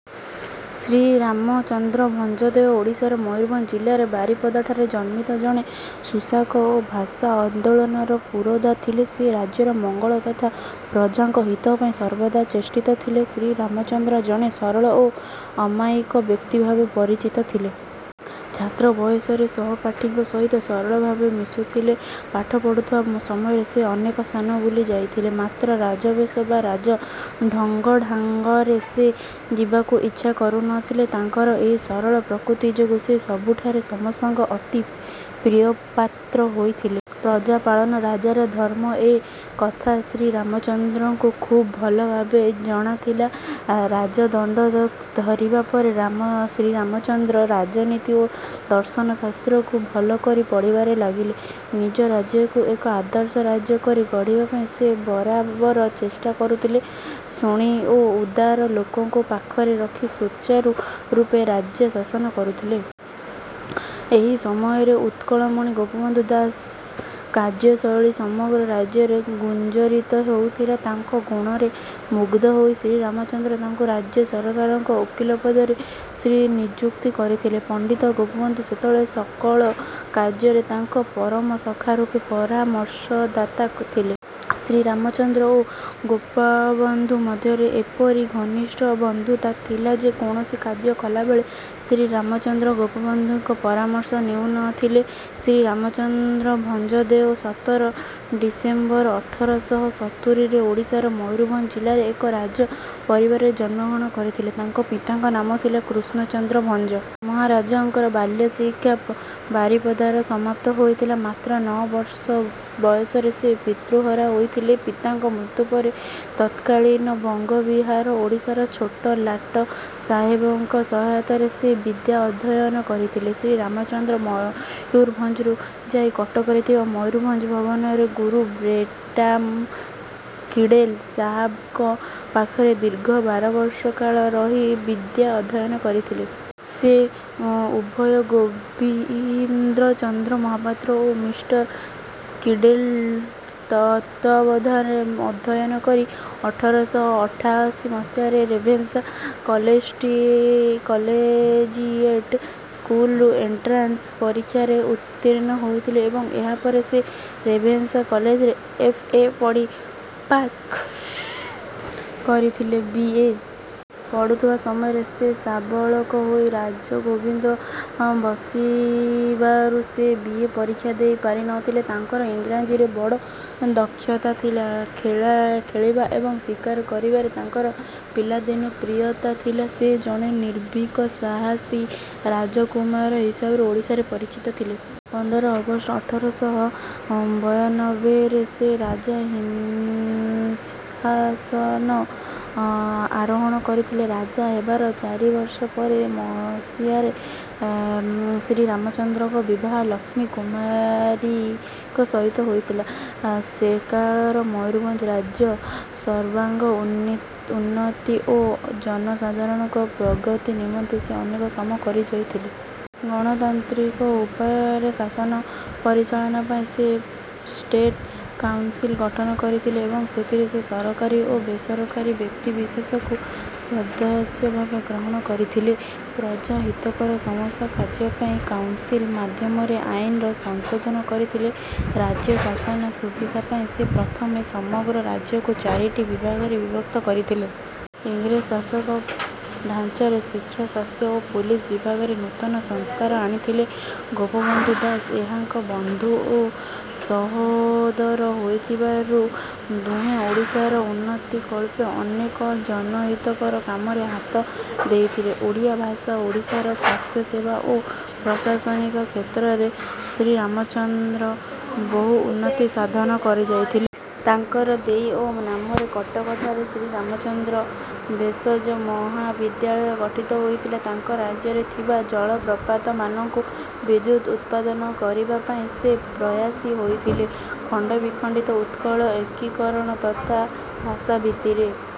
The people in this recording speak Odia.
ଶ୍ରୀରାମ ଚନ୍ଦ୍ର ଭଞ୍ଜଦେଓ ଓଡ଼ିଶାର ମୟୂରଭଞ୍ଜ ଜିଲ୍ଲାର ବାରିପଦାଠାରେ ଜନ୍ମିତ ଜଣେ ସୁଶାସକ ଓ ଭାଷା ଅନ୍ଦୋଳନର ପୁରୋଧା ଥିଲେ। ସେ ରାଜ୍ୟର ମଙ୍ଗଳ ତଥା ପ୍ରଜାଙ୍କ ହିତ ପାଇଁ ସର୍ବଦା ଚେଷ୍ଟିତ ଥିଲେ। ଶ୍ରୀରାମଚନ୍ଦ୍ର ଜଣେ ସରଳ ଓ ଅମାୟିକ ବ୍ୟକ୍ତି ଭାବେ ପରିଚିତ ଥିଲେ। ଛାତ୍ର ବୟସରେ ସହପାଠୀଙ୍କ ସହିତ ସରଳ ଭାବରେ ମିଶୁଥିଲେ। ପାଠ ପଢୁଥିବା ସମୟରେ ସେ ଅନେକ ସ୍ଥାନ ବୁଲି ଯାଇଥିଲେ। ମାତ୍ର ରାଜବେଶ ବା ରାଜ ଢଙ୍ଗଢାଙ୍ଗରେ ସେ ଯିବାକୁ ଇଛା କରୁନଥିଲେ। ତାଙ୍କର ଏହି ସରଳ ପ୍ରକୃତି ଯୋଗୁଁ ସେ ସବୁଠାରେ ସମସ୍ତଙ୍କର ଅତି ପ୍ରିୟପାତ୍ର ହୋଇଥିଲେ। ପ୍ରଜା ପାଳନ ରାଜାର ଧର୍ମ ଏ କଥା ଶ୍ରୀରାମଚନ୍ଦ୍ରଙ୍କୁ ଖୁବ୍ ଭଲଭାବେ ଜଣାଥିଲା। ରାଜଦଣ୍ଡ ଧରିବା ପରେ ରାମ ଶ୍ରୀରାମଚନ୍ଦ୍ର ରାଜନୀତି ଓ ଦର୍ଶନଶାସ୍ତ୍ରକୁ ଭଲକରି ପଢ଼ିବାରେ ଲାଗିଲେ। ନିଜ ରାଜ୍ୟକୁ ଏକ ଆଦର୍ଶ ରାଜ୍ୟ କରି ଗଢ଼ିବା ପାଇଁ ସିଏ ବରାବର ଚେଷ୍ଟା କରୁଥିଲେ। ଗୁଣି ଓ ଉଦାର ଲୋକଙ୍କୁ ପାଖରେ ରଖି ସୁଚାରୁ ରୂପେ ରାଜ୍ୟ ଶାସନ କରୁଥିଲେ। ଏହି ସମୟରେ ଉତ୍କଳମଣି ଗୋପବନ୍ଧୁ ଦାସଙ୍କ କାର୍ଯ୍ୟଶୈଳୀ ସମଗ୍ର ରାଜ୍ୟରେ ଗୁଞ୍ଜରିତ ହେଉଥିଲା। ତାଙ୍କ ଗୁଣରେ ମୁଗ୍ଧ ହୋଇ ଶ୍ରୀରାମଚନ୍ଦ୍ର ତାଙ୍କୁ ରାଜ୍ୟ ସରକାରଙ୍କ ଓକିଲ ପଦରେ ନିଯୁକ୍ତି କରିଥିଲେ। ପଣ୍ଡିତ ଗୋପବନ୍ଧୁ ସେତେବେଳେ ସକଳ କାର୍ଯ୍ୟରେ ତାଙ୍କର ପରମ ସଖା ରୂପେ ପରାମର୍ଶଦାତା ଥିଲେ। ଶ୍ରୀରାମଚନ୍ଦ୍ର ଓ ଗୋପବନ୍ଧୁଙ୍କ ମଧ୍ୟରେ ଏପରି ଘନିଷ୍ଠ ବନ୍ଧୁତା ଥିଲାଯେ କୌଣସି କାର୍ଯ୍ୟ କଲାବେଳେ ଶ୍ରୀରାମଚନ୍ଦ୍ର ଗୋପବନ୍ଧୁଙ୍କ ପରାମର୍ଶ ନେଉନଥିଲେ। ଶ୍ରୀରାମ ଚନ୍ଦ୍ର ଭଞ୍ଜଦେଓ ସତର ଡିସେମ୍ବର ଅଠର ଶହ ସତୁରିରେ ଓଡ଼ିଶାର ମୟୂରଭଞ୍ଜ ଜିଲ୍ଲାରେ ଏକ ରାଜ ପରିବାରରେ ଜନ୍ମ ଗ୍ରହଣ କରିଥିଲେ। ତାଙ୍କ ପିତାଙ୍କ ନାମ ଥିଲା କୃଷ୍ଣଚନ୍ଦ୍ର ଭଞ୍ଜ। ମହାରାଜାଙ୍କ ବାଲ୍ୟଶିକ୍ଷା ବାରିପଦାରେ ସମାପ୍ତ ହୋଇଥିଲା। ମାତ୍ର ନଅ ବର୍ଷ ବୟସରେ ସେ ପିତୃହରା ହୋଇଥିଲେ। ପିତାଙ୍କ ମୃତ୍ୟୁ ପରେ ତତ୍କାଳୀନ ବଙ୍ଗବିହାରଓଡ଼ିଶାର ଛୋଟ ଲାଟସାହେବଙ୍କ ସହାୟତାରେ ସେ ବିଦ୍ୟା ଅଧ୍ୟୟନ କରିଥିଲେ। ଶ୍ରୀରାମଚନ୍ଦ୍ର ମୟୂରଭଞ୍ଜରୁ ଯାଇ କଟକରେ ଥିବା ମୟୂରଭଞ୍ଜ ଭବନରେ ଗୁରୁ ବ୍ରେଟାମ୍ କିଡ଼େଲ୍ ସାହାବଙ୍କ ପାଖରେ ଦୀର୍ଘ ବାରବର୍ଷ କାଳ ରହି ବିଦ୍ୟା ଅଧ୍ୟୟନ କରିଥିଲେ। ସେ ଉଭୟ ଗୋବିନ୍ଦଚନ୍ଦ୍ର ମହାପାତ୍ର ଓ ମିଷ୍ଟର କିଡେଲ୍ଙ୍କ ତତ୍ତ୍ୱାବଧାନରେ ଅଧ୍ୟୟନ କରି ଅଠର ଶହ ଅଠାଅଶୀ ମସିହାରେ ରେଭେନ୍ସା କଲେଜ କଲେଜିଏଟ୍ ସ୍କୁଲରୁ ଏଣ୍ଟ୍ରାନ୍ସ ପରୀକ୍ଷାରେ ଉତ୍ତୀର୍ଣ୍ଣ ହୋଇଥିଲେ ଏବଂ ଏହାପରେ ସେ ରେଭେନ୍ସା କଲେଜରେ ଏଫ. ଏ. ପଢ଼ି ପାଶ୍ କରିଥିଲେ। ବି. ଏ. ପଢ଼ୁଥିବା ସମୟରେ ସେ ସାବାଳକ ହୋଇ ରାଜଗୋବିନ୍ଦ ବସିବାରୁ ସେ ବି. ଏ. ପରୀକ୍ଷା ଦେଇ ପାରିନଥିଲେ। ତାଙ୍କର ଇଂରାଜୀରେ ବଡ଼ ଦକ୍ଷତା ଥିଲା ଖେଳିବା ଏବଂ ଶିକାର କରିବାରେ ତାଙ୍କର ପିଲାଦିନୁ ପ୍ରିୟତା ଥିଲା। ସେ ଜଣେ ନିର୍ଭୀକ ସାହସୀ ରାଜକୁମାର ହିସାବରେ ଓଡ଼ିଶାରେ ପରିଚିତ ଥିଲେ। ପନ୍ଦର ଅଗଷ୍ଟ ଅଠର ଶହ ବୟାନବେରେ ସେ ରାଜ ସିଂହାସନ ଆରୋହଣ କରିଥିଲେ। ରାଜା ହେବାର ଚାରିବର୍ଷ ପରେ ମସିହାରେ ଶ୍ରୀରାମଚନ୍ଦ୍ରଙ୍କର ବିବାହ ଲକ୍ଷ୍ମୀ କୁମାରୀଙ୍କ ସହିତ ହୋଇଥିଲା। ସେକାଳର ମୟୂରଭଞ୍ଜ ରାଜ୍ୟର ସର୍ବାଙ୍ଗ ଉ ଉନ୍ନତି ଓ ଜନସାଧାରଣଙ୍କ ପ୍ରଗତି ନିମନ୍ତେ ସେ ଅନେକ କାମ କରିଯାଇଛନ୍ତି। ଗଣତାନ୍ତ୍ରିକ ଉପାୟରେ ଶାସନ ପରିଚାଳନା ପାଇଁ ସେ ଷ୍ଟେଟ୍ କାଉନ୍ସିଲ୍ ଗଠନ କରିଥିଲେ ଏବଂ ସେଥିରେ ସେ ସରକାରୀ ଓ ବେସରକାରୀ ବ୍ୟକ୍ତିବିଶେଷଙ୍କୁ ସଦସ୍ୟଭାବେ ଗ୍ରହଣ କରିଥିଲେ। ପ୍ରଜା ହିତକର ସମସ୍ତ କାର୍ଯ୍ୟ ପାଇଁ କାଉନ୍ସିଲ୍ ମାଧ୍ୟମରେ ଆଇନର ସଂଶୋଧନ କରିଥିଲେ। ରାଜ୍ୟ ଶାସନର ସୁବିଧା ପାଇଁ ସେ ପ୍ରଥମ କରି ସମଗ୍ର ରାଜ୍ୟକୁ ଚାରିଟି ବିଭାଗରେ ବିଭକ୍ତ କରିଥିଲେ। ଇଂରେଜ ଶାସନ ଢ଼ାଞ୍ଚାରେ ଶିକ୍ଷା ସ୍ୱାସ୍ଥ୍ୟ ଓ ପୋଲିସ୍ ବିଭାଗରେ ନୂତନ ସଂସ୍କାର ଆଣିଥିଲେ। ଗୋପବନ୍ଧୁ ଦାସ ଏହାଙ୍କ ବନ୍ଧୁ ଓ ସହୋଦର ହୋଇଥିବାରୁ ଦୁହେଁ ଓଡ଼ିଶାର ଉନ୍ନତି କଳ୍ପେ ଅନେକ ଜନହିତକର କାମରେ ହାତ ଦେଇଥିଲେ। ଓଡ଼ିଆ ଭାଷା ଓଡ଼ିଶାରେ ସ୍ୱାସ୍ଥ୍ୟସେବା ଓ ପ୍ରଶାସନିକ କ୍ଷେତ୍ରରେ ଶ୍ରୀରାମ ଚନ୍ଦ୍ର ବହୁ ଉନ୍ନତି ସାଧନ କରିଯାଇଥିଲେ। ତାଙ୍କ ଦେଇ ଓ ନାମରେ କଟକଠାରେ ଶ୍ରୀରାମଚନ୍ଦ୍ର ଭେଷଜ ମହାବିଦ୍ୟାଳୟ ଗଠିତ ହୋଇଥିଲା। ତାଙ୍କ ରାଜ୍ୟରେ ଥିବା ଜଳପ୍ରପାତମାନଙ୍କରୁ ବିଦ୍ୟୁତ୍ ଉତ୍ପାଦନ କରିବା ପାଇଁ ସେ ପ୍ରୟାସୀ ହୋଇଥିଲେ। ଖଣ୍ଡବିଖଣ୍ଡିତ ଉତ୍କଳର ଏକୀକରଣ ତଥା ଭାଷାଭିତ୍ତିରେ